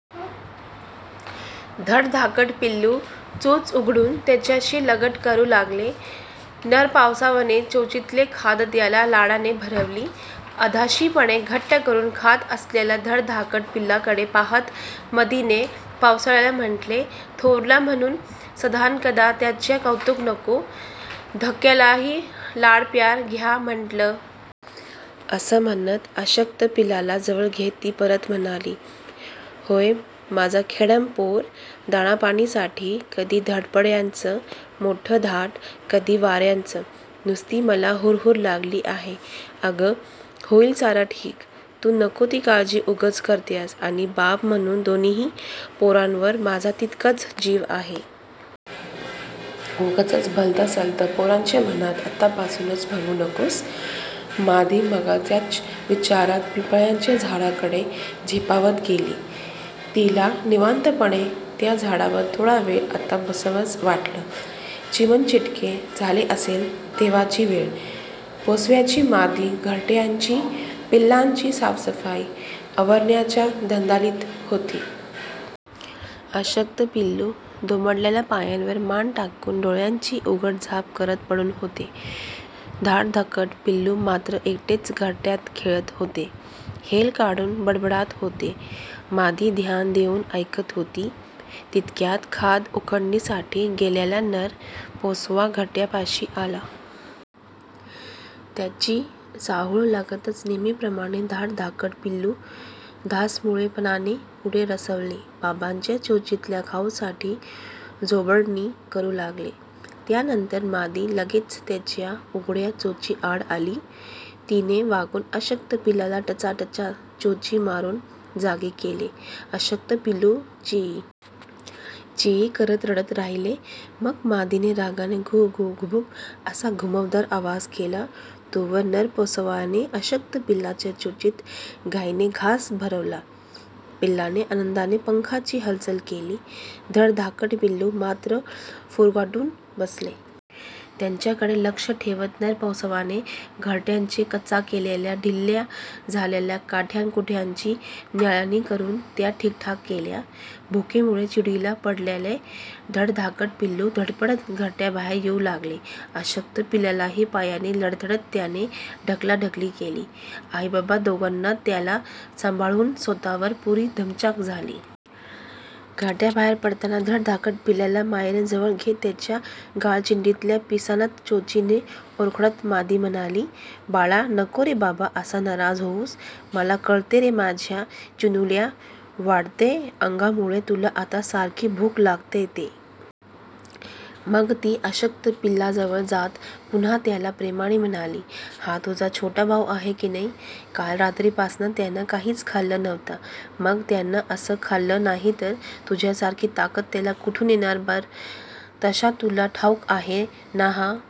धडधाकट पिलू चोच उघडून त्याच्याशी लगट करू लागले. नर पोसव्याने चोचीतली खाद त्याला लाडाने भरवली. अधाशीपणे घुट्ट करून खात असलेल्या धडधाकट पिलाकडे पाहत मादीने पोसव्याला म्हटले, 'थोरला म्हणून सदानकदा त्याचंच कौतुक नको! धाकल्यालाही लाडप्यार द्या म्हटलं!' असं म्हणत अशक्त पिलाला जवळ घेत ती परत म्हणाली, 'ह्ये, माझं खेडमं पोर दाणापाणीसाठी कधी धडपडायचं? मोठ्ठधाटं कधी व्हायचं? नुस्ती मला हुरहूर लागली आहे!' 'अगं, होईल सारं ठीक! तू नको ती काळजी उगाच करत्येस आणि बाप म्हणून दोन्ही पोरांवर माझा तितकाच जीव आहे. उगाच भलतसलतं पोरांच्या मनांत आतापासूनच भरवू नकोस!' मादी मघाच्याच विचारात पिंपळाच्या झाडाकडे झेपावत गेली. तिला निवांतपणे त्या झाडावर थोडा वेळ आता बसावंसं वाटलं. चिमणचिटके झाले असेल तेव्हाची वेळ... पोसव्याची मादी घरट्याची, पिलांची साफसफाई आवरण्याच्या धांदलीत होती. अशक्त पिलू दुमडलेल्या पायांवर मान टाकून डोळ्यांची उघडझाप करत पडून होते. धडधाकट पिलू मात्र एकटेच घरट्यात खेळत होते. हेल काढून बडबडत होते. मादी ध्यान देऊन ऐकत होती. तितक्यात खाद हुडकणीसाठी गेलेला नर पोसवा घरट्यापाशी आला. त्याची चाहूल लागताच नेहमीप्रमाणे धडधाकट पिलू धसमुळेपणाने पुढे सरसावले. बाबांच्या चोचीतल्या खाऊसाठी झोंबडणी करू लागले. त्यानंतर मादी लगेचच त्याच्या उघड्या चोचीआड आली. तिने वाकून अशक्त पिलाला टचा.. टचा.. चोची मारून जागे केले. अशक्त पिलू चीई.. चीई.. करत रडत राहिले. मग मादीने रागाने घु.. घु.. घुब्ब.. असा घुमावदार आवाज केला. तोवर नर पोसव्याने अशक्त पिलाच्या चोचीत घाईने घास भरवला. पिलाने आनंदाने पंखाची हालचाल केली. धडधाकट पिलू मात्र फुरगटून बसले. त्याच्याकडे लक्ष ठेवत नर पोसव्याने घरटयाच्या कचकलेल्या, ढिल्या झालेल्या काट्याकुटक्यांची न्याहळणी करून त्या ठीकठाक केल्या. भुकेमुळे चिडीला पडलेले धडधाकट पिलू धडपडत घरट्याबाहेर येऊ लागले. अशक्त पिलालाही पायांनी लाथाडत त्याने ढकलाढकली केली. आई-बाबा दोघांना त्याला सांभाळूस्तोवर पुरी दमछाक झाली. घरट्याबाहेर पडताना धडधाकट पिल्लाला मायेने जवळ घेत त्याच्या गळचेंडीतल्या पिसांत चोचीने ओरखडत मादी म्हणाली, 'बाळा, नको रे बाबा असा नाराज होऊस, मला कळतं रे माझ्या चिन्नुल्या! वाढत्या अंगामुळे तुला आता सारखी भूक लागत्ये ते!' मग ती अशक्त पिलाजवळ जात पुन्हा त्याला प्रेमाने म्हणाली, 'हा तुझा छोटा भाऊ आहे किनई! काल रात्रीपास्नं त्यानं काहीच खाल्लं नव्हतं. मग त्यानं अस्सं खाल्लं नाही तर तुझ्यासारखी ताकद त्याला कुठून येणार बरं! तशात तुला ठाऊक आहे ना हा